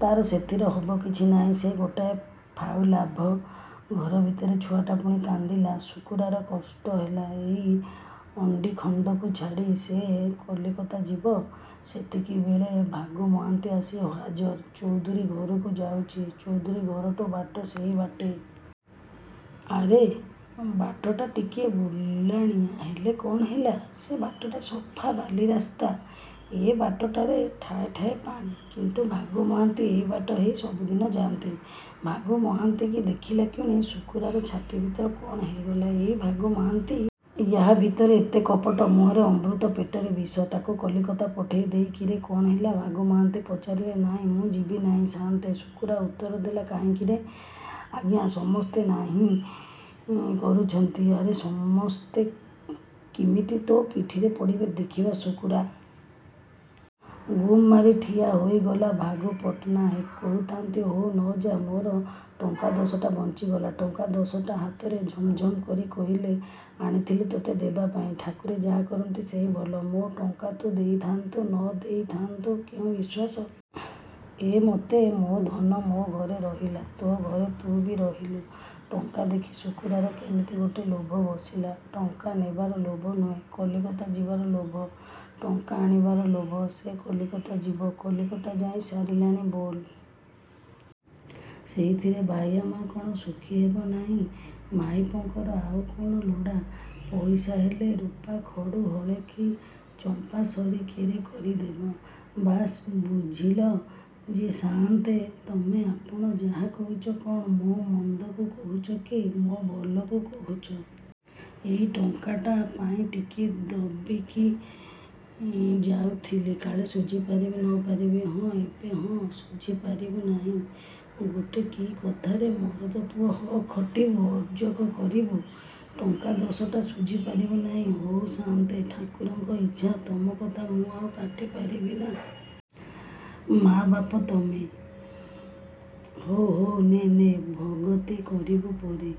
ତା'ର ସେଥିରେ ହବ କିଛି ନାହିଁ। ସେ ଗୋଟାଏ ଫାଉ, ଲାଭ। ଘର ଭିତରେ ଛୁଆଟା ପୁଣି କାନ୍ଦିଲା। ଶୁକୁରାର କଷ୍ଟ ହେଲା। ଏଇ ଅଣ୍ଡିଖଣ୍ଡକୁ ଛାଡ଼ି ସେ କଲିକତା ଯିବ? ସେତିକିବେଳେ ଭାଗୁ ମହାନ୍ତି ଆସି ହାଜର। ଚଉଧୁରୀ ଘରକୁ ଯାଉଛି । ଚୌଧୁରୀ ଘରକୁ ବାଟ ସେଇ ବାଟେ। ଆର ବାଟଟା ଟିକିଏ ବୁଲାଣିଆ। ହେଲେ କ'ଣ ହେଲା? ସେ ବାଟଟା ସଫା, ବାଲିରାସ୍ତା। ଏ ବାଟଟାରେ ଠାଏ ଠାଏ ପାଣି। କିନ୍ତୁ ଭାଗୁ ମହାନ୍ତି ଏଇ ବାଟ ହେଇ ସବୁଦିନେ ଯାଆନ୍ତି। ଭାଗୁ ମହାନ୍ତିଙ୍କି ଦେଖିଲାକ୍ଷଣି ଶୁକୁରାର ଛାତି ଭିତରେ କ'ଣ ହେଇଗଲା। ଏଇ ଭାଗୁ ମହାନ୍ତି। ୟା ଭିତରେ ଏତେ କପଟ। ମୁହଁରେ ଅମୃତ, ପେଟରେ ବିଷ। ତାକୁ କଲିକତା ପଠେଇ ଦେଇ“କିରେ, କ'ଣ ହେଲା?” ଭାଗୁ ମହାନ୍ତି ପଚାରିଲେ।“ନାଇଁ, ମୁଁ ଯିବି ନାହିଁ ସାଆନ୍ତେ।” ଶୁକୁରା ଉତ୍ତର ଦେଲା।“କାହିଁକିରେ?”“ଆଜ୍ଞା, ସମସ୍ତେ ନାହିଁ କରୁଚନ୍ତି।”“ଆରେ, ସମସ୍ତେ କିମିତି ତୋ ପିଠିରେ ପଡ଼ିବେ ଦେଖିବା।”ଶୁକୁରା ଗୁମ୍ ମାରି ଠିଆ ହୋଇଗଲା। ଭାଗୁ ପଟ୍ଟନାହାକେ କହୁଥାନ୍ତି “ହଉ, ନ ଯା। ମୋର ଟଙ୍କା ଦଶଟା ବଞ୍ଚିଗଲା।”ଟଙ୍କା ଦଶଟା ହାତରେ ଝମଝମ୍ କରି କହିଲେ“ଆଣିଥିଲି ତୋତେ ଦେବାପାଇଁ। ଠାକୁରେ ଯାହା କରନ୍ତି ସେଇ ଭଲ। ମୋ ଟଙ୍କା ତୁ ଦେଇଥାଆନ୍ତୁ, ନ ଦେଇଥାନ୍ତୁ କେଉଁ ବିଶ୍ୱାସ! ଏମତେ ମୋ ଧନ ମୋ ଘରେ ରହିଲା। ତୋ ଘରେ ତୁ ବି ରହିଲୁ।”ଟଙ୍କା ଦେଖି ଶୁକୁରାର କେମିତି ଗୋଟାଏ ଲୋଭ ବସିଲା। ଟଙ୍କା ନେବାର ଲୋଭ ନୁହେଁ, କଲିକତା ଯିବାର ଲୋଭ। ଟଙ୍କା ଆଣିବାର ଲୋଭ। ସେ କଲିକତା ଯିବ। କଲିକତା ଯାଇ ସାରିଲାଣି ବୋଲ। ସେଇଥିରେ ବାଇୟା ମା କ'ଣ ସୁଖୀ ହେବ ନାହିଁ? ମାଇପଙ୍କର ଆଉ କ'ଣ ଲୋଡ଼ା? ପଇସା ହେଲେ ରୁପାଖଡ଼ୁ ହଳେ କି ଚମ୍ପାସରି କେରେ କରିଦେବ। ବାସ୍!“ବୁଝିଲ ଯେ ସାଆନ୍ତେ, ତମେ ଆପଣ ଯାହା କହୁଚ, କ'ଣ ମୋ ମନ୍ଦକୁ କହୁଚ କି? ମୋ ଭଲକୁ କହୁଚ। ଏଇ ଟଙ୍କାଟା ପାଇ ଟିକିଏ ଦବକି ଯାଉଥିଲି। କାଳେ ଶୁଝି ପାରିବି, ନ ପାରିବି। ହଁ ବେ, ହଁ। ଶୁଝି ପାରିବୁ ନାହିଁ ଗୋଟେ କି କଥାରେ! ମରଦପୁଅ, ହକ୍ ଖଟିବୁ, ଅର୍ଜକ କରିବୁ, ଟଙ୍କା ଦଶଟା ଶୁଝିପାରିବୁ ନାହିଁ? ହଉ ସାଆନ୍ତେ, ଠାକୁରଙ୍କ ଇଚ୍ଛା। ତୁମକଥା ମୁଁ ଆଉ କାଟି ପାରିବିନା? ମା ବାପ ତମେ।”“ହଉ, ହଉ, ନେ, ନେ। ଭଗତି କରିବୁ ପରେ।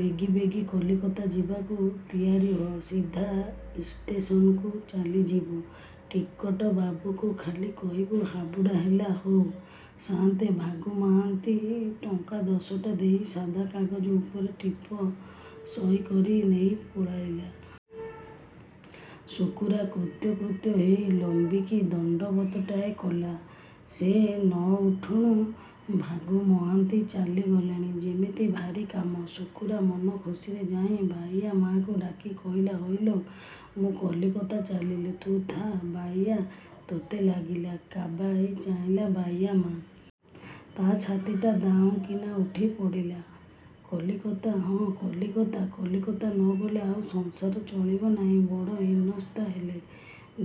ବେଗି ବେଗି କଲିକତା ଯିବାକୁ ତିଆରି ହ। ସିଧା ଇଷ୍ଟେସନକୁ ଚାଲିଯିବୁ। ଟିକଟବାବୁକୁ ଖାଲି କହିବୁ ‘ହାବୁଡ଼ା’, ହେଲା?”“ହଉ ସାଆନ୍ତେ।”ଭାଗୁ ମହାନ୍ତି ଟଙ୍କା ଦଶଟା ଦେଇ ସାଦା କାଗଜ ଉପରେ ଟିପ ସଇ କରି ନେଇ ପଳେଇଲା। ଶୁକୁରା କୃତକୃତ୍ୟ ହେଇ ଲମ୍ବିକି ଦଣ୍ଡବତଟାଏ କଲା। ସେ ନ ଉଠୁଣୁ ଭାଗୁ ମହାନ୍ତି ଚାଲିଗଲେଣି, ଯେମିତି ଭାରି କାମ! ଶୁକୁରା ମନ ଖୁସିରେ ଯାଇ ବାଇୟା ମାକୁ ଡାକି କହିଲାହଇଲୋ, ମୁଁ କଲିକତା ଚାଲିଲି। ତୁ ଥା, ବାଇୟା ତୋତେ ଲାଗିଲା। କାବା ହେଇ ଚାହିଁଲା ବାଇୟାମା ତା' ଛାତିଟା ଦାଉଁ କିନା ଉଠି ପଡ଼ିଲା।“କଲିକତା?”“ହଁ, କଲିକତା। କଲିକତା ନ ଗଲେ ଆଉ ସଂସାର ଚଳିବ ନାହିଁ। ବଡ଼ ହୀନସ୍ତା ହେଲେ।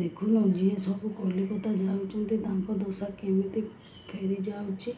ଦେଖୁନୁ, ଯିଏ ସବୁ କଲିକତା ଯାଉଚନ୍ତି, ତାଙ୍କ ଦଶା କିମିତି ଫେରି ଯାଉଚି।”